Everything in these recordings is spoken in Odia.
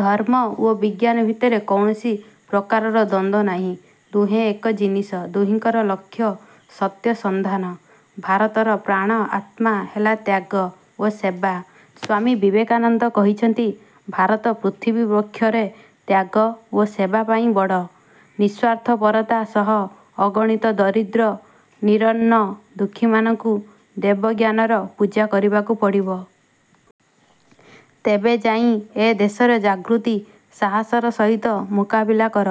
ଧର୍ମ ଓ ବିଜ୍ଞାନ ଭିତରେ କୌଣସି ପ୍ରକାରର ଦ୍ୱନ୍ଦ୍ୱ ନାହିଁ। ଦୁହେଁ ଏକ ଜିନିଷ, ଦୁହିଁଙ୍କର ଲକ୍ଷ୍ୟ-ସତ୍ୟସନ୍ଧାନ। ଭାରତର ପ୍ରାଣ-ଆତ୍ମା ହେଲା ତ୍ୟାଗ ଓ ସେବା। ସ୍ୱାମୀ ବିବେକାନନ୍ଦ କହିଛନ୍ତି, ଭାରତ ପୃଥିବୀବକ୍ଷରେ ତ୍ୟାଗ ଓ ସେବା ପାଇଁ ବଡ଼। ନିଃସ୍ୱାର୍ଥପରତା ସହ ଅଗଣିତ ଦରିଦ୍ର ନିରନ୍ନ ଦୁଃଖୀମାନଙ୍କୁ ଦେବଜ୍ଞାନରେ ପୂଜା କରିବାକୁ ପଡ଼ିବ। ତେବେ ଯାଇଁ ଏ ଦେଶରେ ଜାଗୃତି। ସାହସର ସହିତ ମୁକାବିଲା କର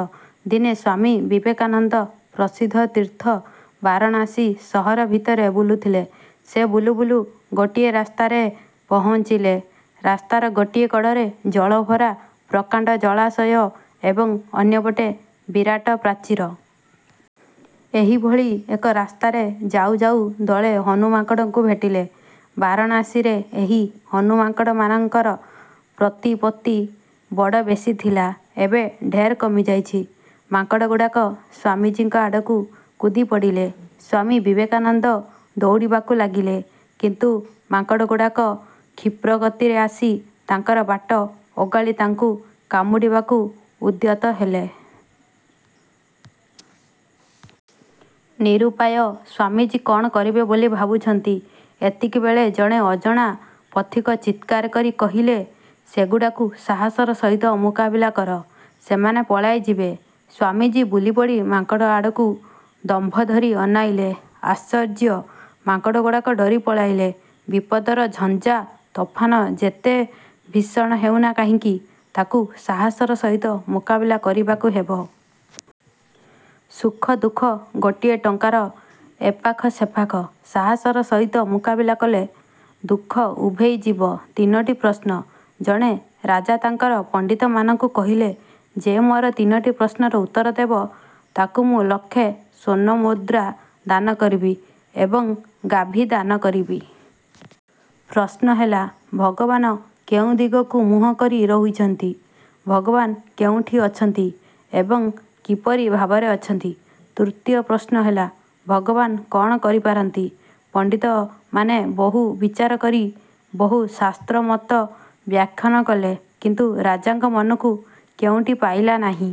ଦିନେ ସ୍ୱାମୀ ବିବେକାନନ୍ଦ ପ୍ରସିଦ୍ଧ ତୀର୍ଥ ବାରାଣସୀ ସହର ଭିତରେ ବୁଲୁଥିଲେ। ସେ ବୁଲୁ ବୁଲୁ ଗୋଟିଏ ରାସ୍ତାରେ। ପହୁଞ୍ଚିଲେ। ରାସ୍ତାର ଗୋଟିଏ କଡ଼ରେ ଜଳଭରା ପ୍ରକାଣ୍ତ ଜଳାଶୟ ଏବଂ ଅନ୍ୟପଟେ ବିରାଟ ପ୍ରାଚୀର। ଏହିଭଳି ଏକ ରାସ୍ତାରେ ଯାଉଁ ଯାଉଁ ଦଳେ ହନୁମାଙ୍କଡ଼ଙ୍କୁ ଭେଟିଲେ। ବାରାଣସୀରେ ଏହି ହନୁମାଙ୍କଡ଼ମାନଙ୍କର ପ୍ରତିପତ୍ତି ବଡ଼ ବେଶୀ ଥିଲା। ଏବେ ଢେର କମିଯାଇଛି। ମାଙ୍କଡ଼ଗୁଡ଼ାକ ସ୍ୱାମୀଜୀଙ୍କ ଆଡ଼କୁ କୁଦି ପଡ଼ିଲେ। ସ୍ୱାମୀ ବିବେକାନନ୍ଦ ଦୌଡ଼ିବାକୁ ଲାଗିଲେ। କିନ୍ତୁ ମାଙ୍କଡ଼ଗୁଡ଼ାକ କ୍ଷିପ୍ରଗତିରେ ଆସି ତାଙ୍କର ବାଟ ଓଗାଳି ତାଙ୍କୁ କାମୁଡ଼ିବାକୁ ଉଦ୍ୟତ ହେଲେ। ନିରୁପାୟ ସ୍ୱାମୀଜୀ କ'ଣ କରିବେ ବୋଲି ଭାବୁଛନ୍ତି, ଏତିକିବେଳେ ଜଣେ ଅଜଣା ପଥିକ ଚିତ୍କାର କରି କହିଲେ-''ସେଗୁଡ଼ାଙ୍କୁ ସାହସର ସହିତ ମୁକାବିଲା କର, ସେମାନେ ପଳାଇ ଯିବେ। '' ସ୍ୱାମୀଜୀ ବୁଲିପଡ଼ି ମାଙ୍କଡ଼ଙ୍କ ଆଡ଼କୁ ଦମ୍ଭ ଧରି ଅନାଇଲେ। ଆଶ୍ଚର୍ଯ୍ୟ, ମାଙ୍କଡ଼ଗୁଡ଼ାକ ଡରି ପଳାଇଲେ। ବିପଦର ଝଞ୍ଜା-ତୋଫାନ ଯେତେ ଭୀଷଣ ହେଉନା କାହିଁକି, ତାକୁ ସାହସର ସହିତ ମୁକାବିଲା କରିବାକୁ ହେବ। ସୁଖ ଦୁଃଖ ଗୋଟିଏ ଟଙ୍କା'ର ଏପାଖ ସେପାଖ। ସାହସର ସହିତ ମୁକାବିଲା କଲେ ଦୁଃଖ ଉଭେଇ ଯିବ। ତିନୋଟି ପ୍ରଶ୍ନ ଜଣେ ରାଜା ତାଙ୍କର ପଣ୍ତିତମାନଙ୍କୁ କହିଲେ, 'ଯେ ମୋର ତିନୋଟି ପ୍ରଶ୍ନର ଉତ୍ତର ଦେବ, ତାକୁ ମୁଁ ଲକ୍ଷେ ସ୍ୱର୍ଣ୍ଣମୁଦ୍ରା ଦାନ କରିବି ଏବଂ ଗାଭୀ ଦାନ କରିବି। ' ପ୍ରଶ୍ନ ହେଲା-ଭଗବାନ କେଉଁ ଦିଗକୁ ମୁହଁ କରି ରହିଛନ୍ତି? ଭଗବାନ କେଉଁଠି ଅଛନ୍ତି ଏବଂ କିପରି ଭାବରେ ଅଛନ୍ତି? ତୃତୀୟ ପ୍ରଶ୍ନ ହେଲା-ଭଗବାନ କ'ଣ କରିପାରନ୍ତି? ପଣ୍ତିତମାନେ ବହୁ ବିଚାର କରି ବହୁ ଶାସ୍ତ୍ରମତ ବ୍ୟାଖ୍ୟାନ କଲେ, କିନ୍ତୁ ରାଜାଙ୍କ ମନକୁ କେଉଁଟି ପାଇଲା ନାହିଁ।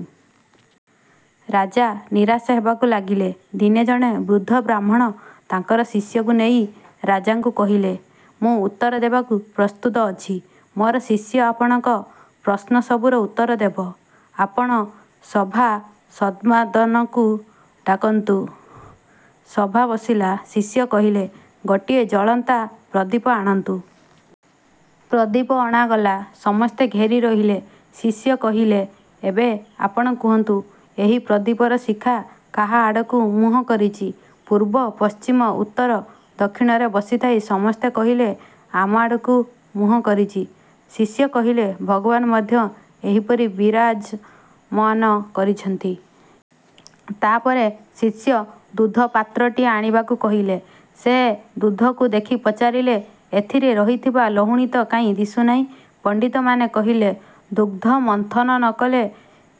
ରାଜା ନିରାଶ ହେବାକୁ ଲାଗିଲେ। ଦିନେ ଜଣେ ବୃଦ୍ଧ ବ୍ରାହ୍ମଣ ତାଙ୍କର ଶିଷ୍ୟଙ୍କୁ ନେଇ ରାଜାଙ୍କୁ କହିଲେ, 'ମୁଁ ଉତ୍ତର ଦେବାକୁ ପ୍ରସ୍ତୁତ ଅଛି। ମୋର ଶିଷ୍ୟ ଆପଣଙ୍କ ପ୍ରଶ୍ନସବୁର ଉତ୍ତର ଦେବ। ଆପଣ ସଭାସଦ୍ମାନଙ୍କୁ ଡାକନ୍ତୁ। ' ସଭା ବସିଲା। ଶିଷ୍ୟ କହିଲେ, 'ଗୋଟିଏ ଜଳନ୍ତା ପ୍ରଦୀପ ଆଣନ୍ତୁ। ' ପ୍ରଦୀପ ଅଣାଗଲା। ସମସ୍ତେ ଘେରି ରହିଲେ। ଶିଷ୍ୟ କହିଲେ, 'ଏବେ ଆପଣ କୁହନ୍ତୁ, ଏହି ପ୍ରଦୀପର ଶିଖା କାହା ଆଡ଼କୁ ମୁହଁ କରିଛି? ' ପୂର୍ବ ପଶ୍ଚିମ ଉତ୍ତର ଦକ୍ଷିଣରେ ବସିଥାଇ ସମସ୍ତେ କହିଲେ; 'ଆମ ଆଡ଼କୁ ମୁହଁ କରିଛି। ' ଶିଷ୍ୟ କହିଲେ, 'ଭଗବାନ ମଧ୍ୟ ଏହିପରି ବିରାଜମମାନ କରିଛନ୍ତି। ତା' ପରେ ଶିଷ୍ୟ ଦୁଧପାତ୍ରଟିଏ ଆଣିବାକୁ କହିଲେ। ସେ ଦୁଧକୁ ଦେଖି ପଚାରିଲେ, 'ଏଥିରେ ରହିଥିବା ଲହୁଣୀ ତ କାହିଁ ଦିଶୁନାହିଁ? ' ପଣ୍ତିତମାନେ କହିଲେ, ''ଦୁଗ୍ଧ ମନ୍ଥନ ନ କଲେ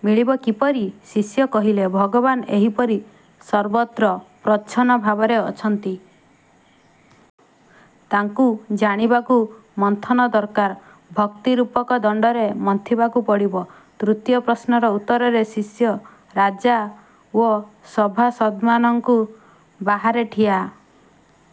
ମିଳିବ କିପରି? '' ଶିଷ୍ୟ କହିଲେ, ଭଗବାନ ଏହିପରି ସର୍ବତ୍ର ପ୍ରଚ୍ଛନ୍ନ ଭାବରେ ଅଛନ୍ତି। ତାଙ୍କୁ ଜାଣିବାକୁ ମନ୍ଥନ ଦରକାର। ଭକ୍ତିରୂପକ ଦଣ୍ତରେ ମନ୍ଥିବାକୁ ପଡ଼ିବ। ତୃତୀୟ ପ୍ରଶ୍ନର ଉତ୍ତରରେ ଶିଷ୍ୟ ରାଜା ଓ ସଭାସଦ୍ମାନଙ୍କୁ ବାହାରେ ଠିଆ